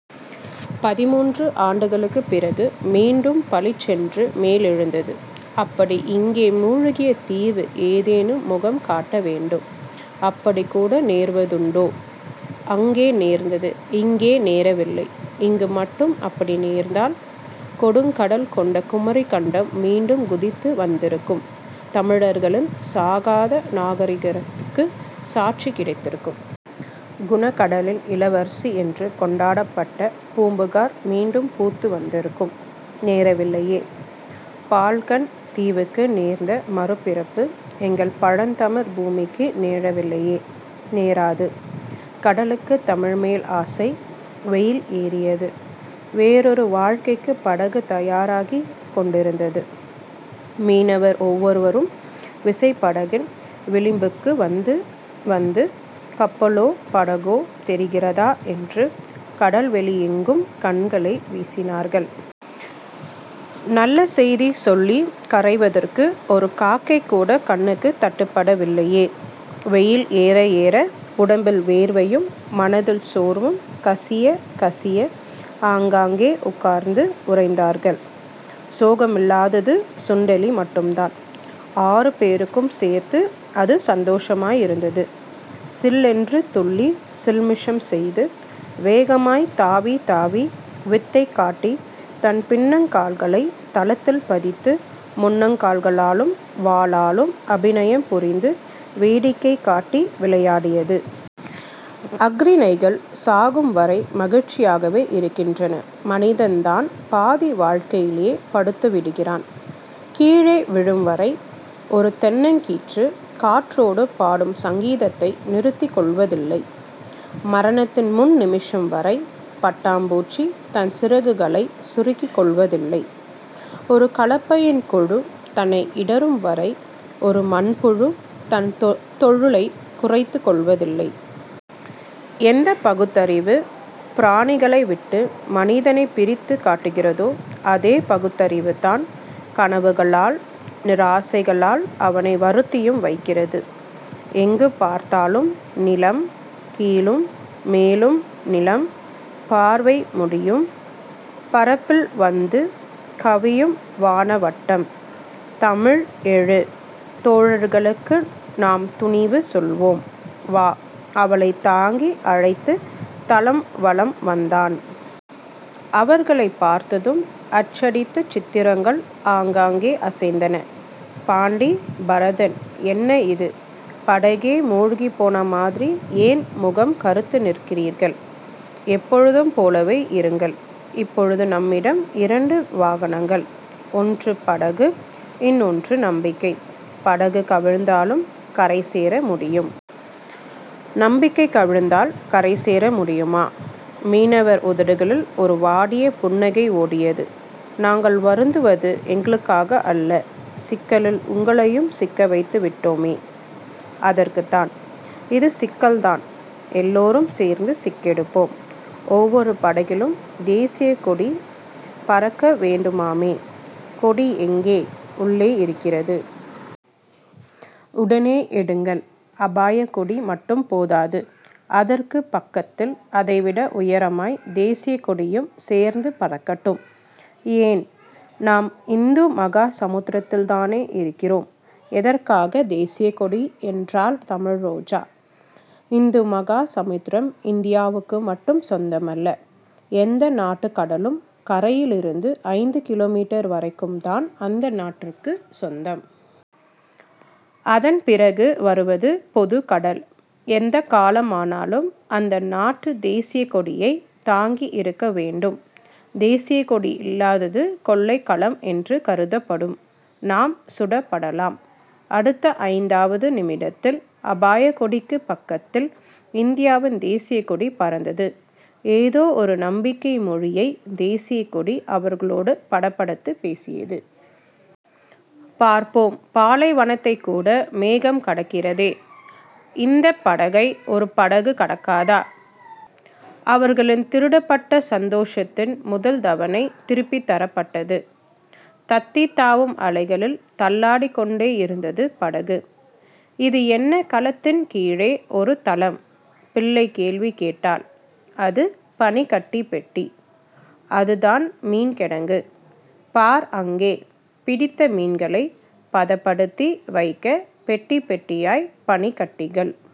பதின்முன்று ஆண்டுகளுக்குப் பிறகு மீண்டும் பளிச்சென்று மேலெழுந்தது. அப்படி இங்கே முழ்கிய தீவு ஏதேனும் முகம் காட்ட வேண்டும். அப்படிக்கூட நேர்வதுண்டோ? அங்கே நேர்ந்தது, இங்கே நேரவில்லை. இங்கு மட்டும் அப்படி நேர்ந்தால் கொடுங்கடல் கொண்ட குமரிக்கண்டம் மீண்டும் குதித்து வந்திருக்கும். தமிழர்களின் சாகாத நாகரிகத்துக்குச் சாட்சி கிடைத்திருக்கும். குணகடலின் இளவரசி என்று கொண்டாடப்பட்ட பூம்புகார் மீண்டும் பூத்து வந்திருக்கும். நேரவில்லையே. பால்கன் தீவுக்கு நேர்ந்த மறுபிறப்பு எங்கள் பழந்தமிழ் பூமிக்கு நேரவில்லையே. நேராது. கடலுக்குத் தமிழ்மேல் ஆசை. வெயில் ஏறியது. வேறோரு வாழ்க்கைக்குப் படகு தயாராகிக் கொண்டிருந்தது. மீனவர் ஒவ்வொருவரும் விசைப்படகின் விளிம்புக்கு வந்து வந்து கப்பலோ படகோ தெரிகிறதா என்று கடல்வெளியெங்கும் கண்களை வீசினார்கள். நல்ல செய்தி சொல்லிக் கரைவதற்கு ஒரு காக்கைகூடக் கண்ணுக்குத் தட்டுப்படவில்லையே. வெயில் ஏற ஏற, உடம்பில் வேர்வையும் மனதில் சோர்வும் கசியக் கசிய அங்கங்கே உட்கார்ந்து உறைந்தார்கள். சோகமில்லாதது சுண்டெலி மட்டுந்தான். ஆறுபேர்க்கும் சேர்த்து அது சந்தோஷமாயிருந்தது. சில்லென்று துள்ளிச் சில்மிஷம் செய்து வேகமாய்த் தாவித்தாவி வித்தை காட்டி தன் பின்னங்கால்களைத் தளத்தில் பதித்து முன்னங்கால்களாலும் வாலாலும் அபிநயம் புரிந்து வேடிக்கை காட்டி விளையாடியது. அஃறிணைகள் சாகும்வரை மகிழ்ச்சியாகவே இருக்கின்றன. மனிதன்தான் பாதி வாழ்க்கையிலேயே படுத்துவிடுகிறான். கீழே விழும்வரை ஒரு தென்னங்கீற்று காற்றோடு பாடும் சங்கீதத்தை நிறுத்திக் கொள்வதில்லை. மரணத்தின் முன்நிமிஷம் வரை பட்டாம் பூச்சித் தன் சிறகுகளைச் சுருக்கிக் கொள்வதில்லை. ஒரு கலப்பையின்கொழு தன்னை இடறும்வரை ஒரு மண்புழு தன் தொழிலைக் குறைத்துக் கொள்வதில்லை. எந்தப் பகுத்தறிவு, பிராணிகளைவிட்டு மனிதனைப் பிரித்துக் காட்டுகிறதோ அதே பகுத்தறிவுதான் கனவுகளால் நிராசைகளால் அவனை வருத்தியும் வைக்கிறது. எங்கு பார்த்தாலும் நீலம். கீழும் மேலும் நீலம். பார்வை முடியும் பரப்பில் வந்து கவியும் வானவட்டம். தமிழ் எழு. தோழர்களுக்கு நாம் துணிவு சொல்வோம். வா. அவளைத் தாங்கி அழைத்துத் தளம் வலம் வந்தான். அவர்களைப் பார்த்ததும் அச்சடித்த சித்திரங்கள் அங்கங்கே அசைந்தன. பாண்டி. பரதன். என்ன இது? படகே முழ்கிப் போன மாதிரி ஏன் முகம் கறுத்து நிற்கிறீர்கள்? எப்போதும் போலவே இருங்கள். இப்போது நம்மிடம் இரண்டு வாகனங்கள். ஒன்று படகு. இன்னொன்று நம்பிக்கை. படகு கவிழ்ந்தாலும் கரைசேர முடியும். நம்பிக்கை கவிழ்ந்தால் கரைசேர முடியுமா? மீனவர் உதடுகளில் ஒரு வாடிய புன்னகை ஓடியது. நாங்கள் வருந்துவது எங்களுக்காக அல்ல. சிக்கலில் உங்களையும் சிக்கவைத்துவிட்டோ மே. அதற்குத்தான். இது சிக்கல்தான். எல்லோரும் சேர்ந்து சிக்கெடுப்போம். ஒவ்வொரு படகிலும் தேசியக்கொடி பறக்க வேண்டுமாமே. கொடி எங்கே? உள்ளே இருக்கிறது. உடனே எடுங்கள். அபாயக்கொடி மட்டும் போதாது. அதற்குப் பக்கத்தில் அதைவிட உயரமாய் தேசியக்கொடியும் சேர்ந்து பறக்கட்டும். ஏன்? நாம் இந்து மகா சமுத்திரத்தில்தானே இருக்கிறோம். எதற்காகத் தேசியக்கொடி? என்றாள் தமிழ்ரோஜா. இந்துமகா சமுத்திரம் இந்தியாவுக்கு மட்டும் சொந்தமல்ல. எந்த நாட்டுக் கடலும் கரையிலிருந்து ஐந்து கிலோமீட்டர்வரைக்கும்தான் அந்த நாட்டுக்குச் சொந்தம். அதன் பிறகு வருவது பொதுக்கடல். எந்தக் காலமானாலும் அந்த நாட்டுத் தேசியக் கொடியைத் தாங்கியிருக்கவேண்டும். தேசியக்கொடி இல்லாதது கொள்ளைக்கலம் என்று கருதப்படும். நாம் சுடப்படலாம். அடுத்த ஐந்தாவது நிமிடத்தில் அபாயக்கொடிக்குப் பக்கத்தில் இந்தியாவின் தேசியக்கொடி பறந்தது. ஏதோ ஒரு நம்பிக்கைமொழியைத் தேசியக்கொடி அவர்களோடு படபடத்துப் பேசியது. பார்ப்போம், பாலைவனத்தைக்கூட மேகம் கடக்கிறதே. இந்தப் படகை ஒரு படகு கடக்காதா? அவர்களின் திருடப்பட்ட சந்தோஷத்தின் முதல் தவணை திருப்பித் தரப்பட்டது. தத்தித்தாவும் அலைகளில் தள்ளாடிக் கொண்டேயிருந்தது படகு. இது என்ன கலத்தின் கீழே ஒரு தளம்? பிள்ளைக்கேள்வி கேட்டாள் அது பனிக்கட்டிப்பெட்டி. அதுதான் மீன் கிடங்கு. பார் அங்கே. பிடித்த மீன்களைப் பதப்படுத்தி வைக்கப் பெட்டிப் பெட்டியாய்ப் பனிக்கட்டிகள்.